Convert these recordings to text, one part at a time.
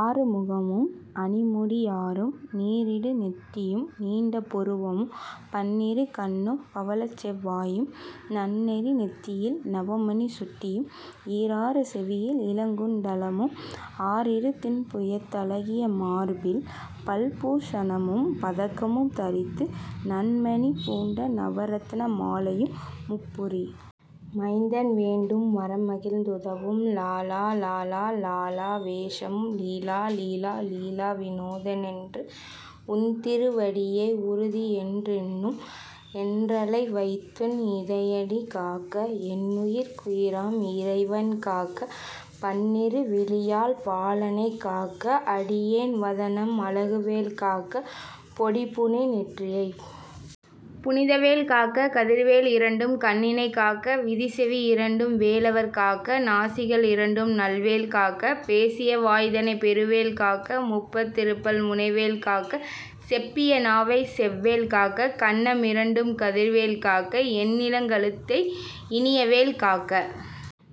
ஆறு முகமும் அணிமுடி ஆறும் நீறிடு நெற்றியும் நீண்ட புருவமும் பண்ணிரு கண்ணும் பவளச் செவ்வாயும் நன்னெறி நெற்றியில் நவமணிச் சுட்டியும் ஈராறு செவியில் இலகுண் டலமும் ஆறிரு திண்புயத் தழகிய மார்பில் பல்பூ ஷணமும் பதக்கமும் தரித்து நன்மணி பூண்ட நவரத்ன மாலையும் முப்புரி மைந்தன் வேண்டும் வரமகிழ்ந் துதவும் லாலா லாலா லாலா வேசமும் லீலா லீலா லீலாவிநோத னென்று உன்றிருவடியை உறுதியென் றெண்ணும் என்றலை வைத்துன் இணையடி காக்க என்னுயிர்க் குயிராம் இறைவன் காக்க பன்னிரு விழியால் பாலனைக் காக்க அடியேன் வதனம் அழகுவேல் காக்க பொடிபுனை நெற்றியைப் புனிதவேல் காக்க கதிர்வேல் இரண்டு கண்ணினைக்காக்க விதிசெவி இரண்டும் வேலவர் காக்க நாசிக ளிரண்டும் நல்வேல் காக்க பேசிய வாய்தனைப் பெருவேல் காக்க முப்பத் திருபல் முனைவேல் காக்க செப்பிய நாவை செவ்வேல் காக்க கன்ன மிரண்டும் கதிர்வேல் காக்க என்னிளங் கழுத்தை இனியவேல் காக்க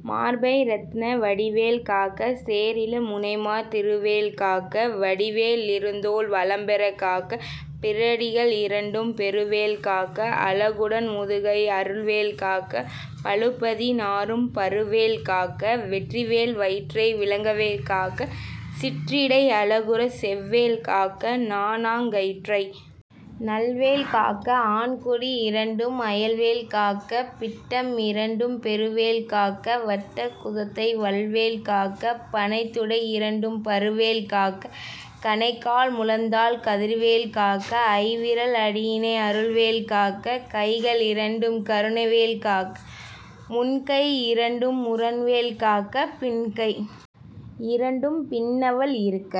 மார்பை இரத்தின வடிவேல் காக்க சேரிள முலைமார் திருவேல் காக்க வடிவே லிருதோள் வளம்பெறக் காக்க பிடரிக ளிரண்டும் பெருவேல் காக்க அழகுடன் முதுகை அருள்வேல் காக்க பழுபதி னாறும் பருவேல் காக்க வெற்றிவேல் வயிற்றை விளங்கவே காக்க சிற்றிடை அழகுறச் செவ்வேல் காக்க நாணாங்கயிற்றை நல்வேல் காக்க ஆண்குறியிரண்டும் அயில்வேல் காக்க பிட்டமிரண்டும் பெருவேல் காக்க வட்டக் குதத்தை வல்வேல் காக்க பணைத்தொடை இரண்டும் பருவேல் காக்க கணைக்கால் முழந்தாள் கதிர்வேல் காக்க ஐவிரல் அடியினை அருள்வேல் காக்க கைக ளிரண்டும் கருணைவேல் காக்க முன்கை யிரண்டும் முரண்வேல் காக்க பின்கை யிரண்டும் பின்னவள் இருக்க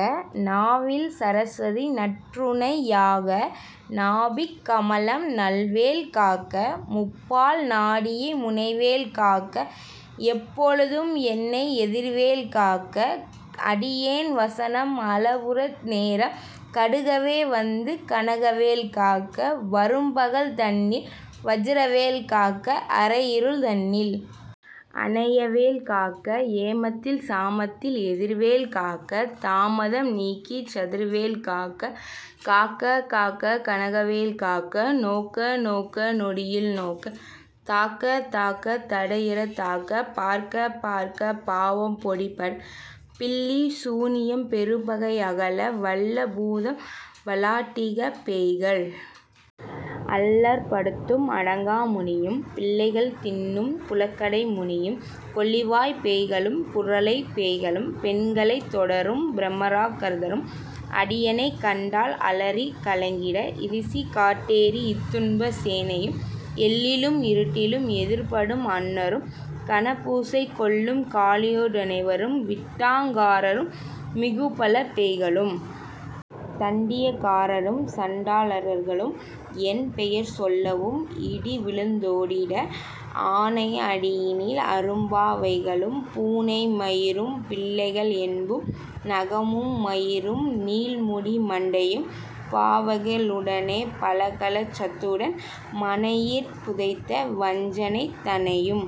நாவில் சரஸ்வதி நற்றுணை யாக நாபிக் கமலம் நல்வேல் காக்க முப்பால் நாடியை முனைவேல் காக்க எப்பொழுதும் என்னை எதிர்வேல் காக்க அடியேன் வசனம் அளவுள நேரம் கடுகவே வந்து கனகவேல் காக்க வரும்பகல் தன்னில் வச்சிரவேல் காக்க அரையிருள் தன்னில் அனையவேல் காக்க ஏமத்தில் சாமத்தில் எதிர்வேல் காக்க தாமதம் நீக்கிச் சதுர்வேல் காக்க காக்க காக்க கனகவேல் காக்க நோக்க நோக்க நொடியில் நோக்க தாக்க தாக்க தடையறத் தாக்க பார்க்க பார்க்க பாவம் பொடிபட பில்லி சூனியம் பெரும்பகை அகல வல்ல பூதம் வலாட்டிகப்பேய்கள் அல்லற்படுத்தும் அடங்காமுனியும் பிள்ளைகள் தின்னும் புழக்கடைமுனியும் கொள்ளிவாய்ப் பேய்களும் குறளைப் பேய்களும் பெண்களைத் தொடரும் பிரமராக் கருதரும் அடியனைக் கண்டால் அலறிக் கலங்கிட இரிசிகாட் டேரி இத்துன்ப சேனையும் எல்லிலும் இருட்டிலும் எதிர்ப்படும் அண்ணரும் கனபூசை கொள்ளும் காளியோ டனைவரும் விட்டாங் காரரும் மிகுபல பேய்களும் தண்டியக்காரரும் சண்டா ளர்களும் என் பெயர் சொல்லவும் இடிவிழுந் தோடிட ஆனை அடியினில் அரும்பா வைகளும் பூனை மயிரும் பிள்ளைகள் என்பும் நகமும் மயிரும் நீள்முடி மண்டையும் பாவைக ளுடனே பலகலசத்துடன் மனையிற் புதைத்த வஞ்சனை தனையும்